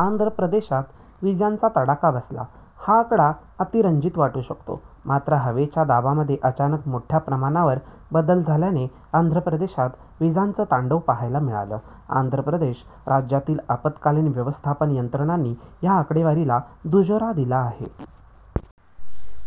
आंध्र प्रदेशात विजांचा तडाखा बसला हा आकडा अतिरंजित वाटू शकतो, मात्र हवेच्या दाबांमध्ये अचानक मोठ्या प्रमाणावर बदल झाल्यानं आंध्र प्रदेशात विजांचं तांडव पाहायला मिळालं. आंध्र प्रदेश राज्यातील आपत्कालीन व्यवस्थापन यंत्रणांनी या आकडेवारीला दुजोरा दिला आहे.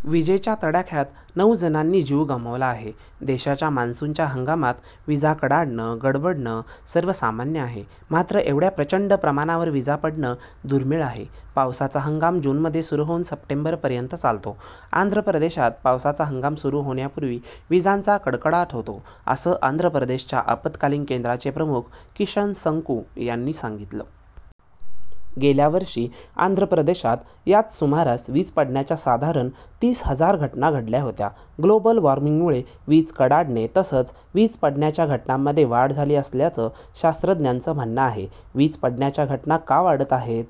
विजेच्या तडाख्यात नऊजणांनी जीव गमावला आहे. देशात मान्सूनच्या हंगामात विजा कडाडणं, गडगडणं सर्वसामान्य आहे, मात्र एवढ्या प्रचंड प्रमाणावर विजा पडणं दुर्मीळ आहे. पावसाचा हंगाम जूनमध्ये सुरू होऊन सप्टेंबरपर्यंत चालतो. आंध्र प्रदेशात पावसाचा हंगाम सुरू होण्यापूर्वी विजांचा कडकडाट होतो असं आंध्र प्रदेशच्या आपत्कालीन केंद्राचे प्रमुख किशन संकू यांनी सांगितलं. गेल्या वर्षी आंध्र प्रदेशात याच सुमारास वीज पडण्याच्या साधारण तीस हजार घटना घडल्या होत्या. ग्लोबल वॉर्मिंगमुळे वीज कडाडणे तसंच वीज पडण्याच्या घटनांमध्ये वाढ झाली असल्याचं शास्त्रज्ञांचं म्हणणं आहे. वीज पडण्याच्या घटना का वाढत आहेत?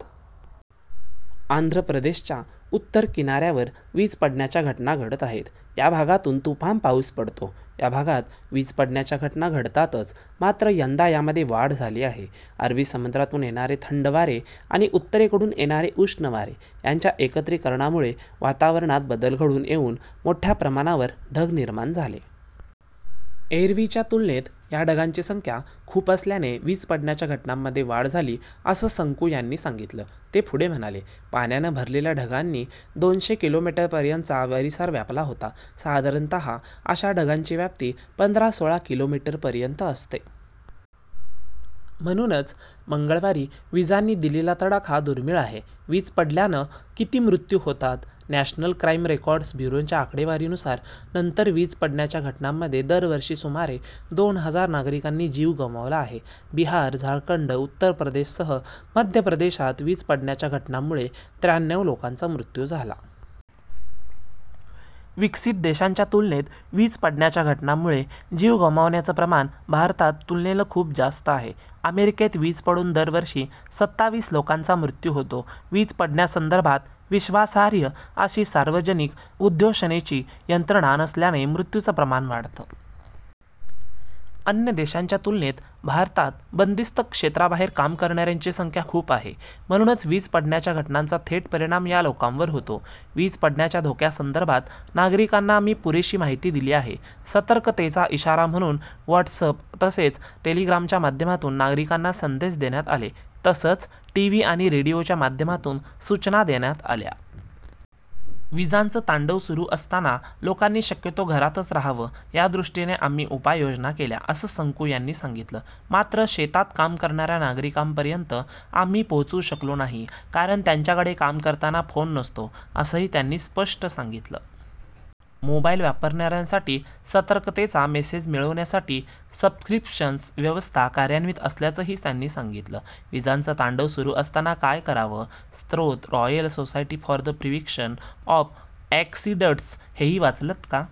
आंध्र प्रदेशच्या उत्तर किनाऱ्यावर वीज पडण्याच्या घटना घडत आहेत. या भागातून तुफान पाऊस पडतो. या भागात वीज पडण्याच्या घटना घडतातच मात्र यंदा यामध्ये वाढ झाली आहे. अरबी समुद्रातून येणारे थंड वारे आणि उत्तरेकडून येणारे उष्ण वारे यांच्या एकत्रीकरणामुळे वातावरणात बदल घडून येऊन मोठ्य़ा प्रमाणावर ढग निर्माण झाले. एरव्हीच्या तुलनेत या ढगांची संख्या खूप असल्याने वीज पडण्याच्या घटनांमध्ये वाढ झाली असं संकू यांनी सांगितलं. ते पुढे म्हणाले पाण्यानं भरलेल्या ढगांनी दोनसे किलोमीटरपर्यंतचा परिसर व्यापला होता. साधारणत: अशा ढगांची व्याप्ती पंधरा -सोळा किलोमीटरपर्यंत असते. म्हणूनच मंगळवारी विजांनी दिलेला तडाखा दुर्मीळ आहे. वीज पडल्यानं किती मृत्यू होतात? नॅशनल क्राइम रेकॉर्ड्स ब्युरोच्या आकडेवारीनुसार, नंतर वीज पडण्याच्या घटनांमध्ये दरवर्षी सुमारे दोन हजार नागरिकांनी जीव गमावला आहे. बिहार, झारखंड, उत्तर प्रदेशसह मध्य प्रदेशात वीज पडण्याच्या घटनांमुळे त्र्याण्णव लोकांचा मृत्यू झाला. विकसित देशांच्या तुलनेत वीज पडण्याच्या घटनांमुळे जीव गमावण्याचं प्रमाण भारतात तुलनेनं खूप जास्त आहे. अमेरिकेत वीज पडून दरवर्षी सताविस लोकांचा मृत्यू होतो. वीज पडण्यासंदर्भात विश्वासार्ह अशी सार्वजनिक उद्घोषणेची यंत्रणा नसल्यानं मृत्यूचं प्रमाण वाढतं. अन्य देशांच्या तुलनेत, भारतात बंदिस्त क्षेत्राबाहेर काम करणाऱ्यांची संख्या खूप आहे. म्हणूनच वीज पडण्याच्या घटनांचा थेट परिणाम या लोकांवर होतो. वीज पडण्याच्या धोक्यासंदर्भात नागरिकांना आम्ही पुरेशी माहिती दिली आहे. सतर्कतेचा इशारा म्हणून व्हॉट्सअप तसंच टेलिग्रामच्या माध्यमातून नागरिकांना संदेश देण्यात आले तसंच टीव्ही आणि रेडिओच्या माध्यमातून सूचना देण्यात आल्या. विजांचं तांडव सुरू असताना लोकांनी शक्यतो घरातच राहावं यादृष्टीनं आम्ही उपाययोजना केल्या, असं संकू यांनी सांगितलं. मात्र शेतात काम करणाऱ्या नागरिकांपर्यंत आम्ही पोहोचू शकलो नाही, कारण त्यांच्याकडे काम करताना फोन नसतो असंही त्यांनी स्पष्ट केलं. मोबाइल वापरणाऱ्यांसाठी सतर्कतेचा मेसेज मिळण्यासाठी सबस्क्रिप्शन व्यवस्था कार्यान्वित असल्याचंही त्यांनी सांगितलं. विजांचं तांडव सुरू असताना काय करावं? स्रोत- Royal Society for the Prevention of Accidents हेही वाचलंत का?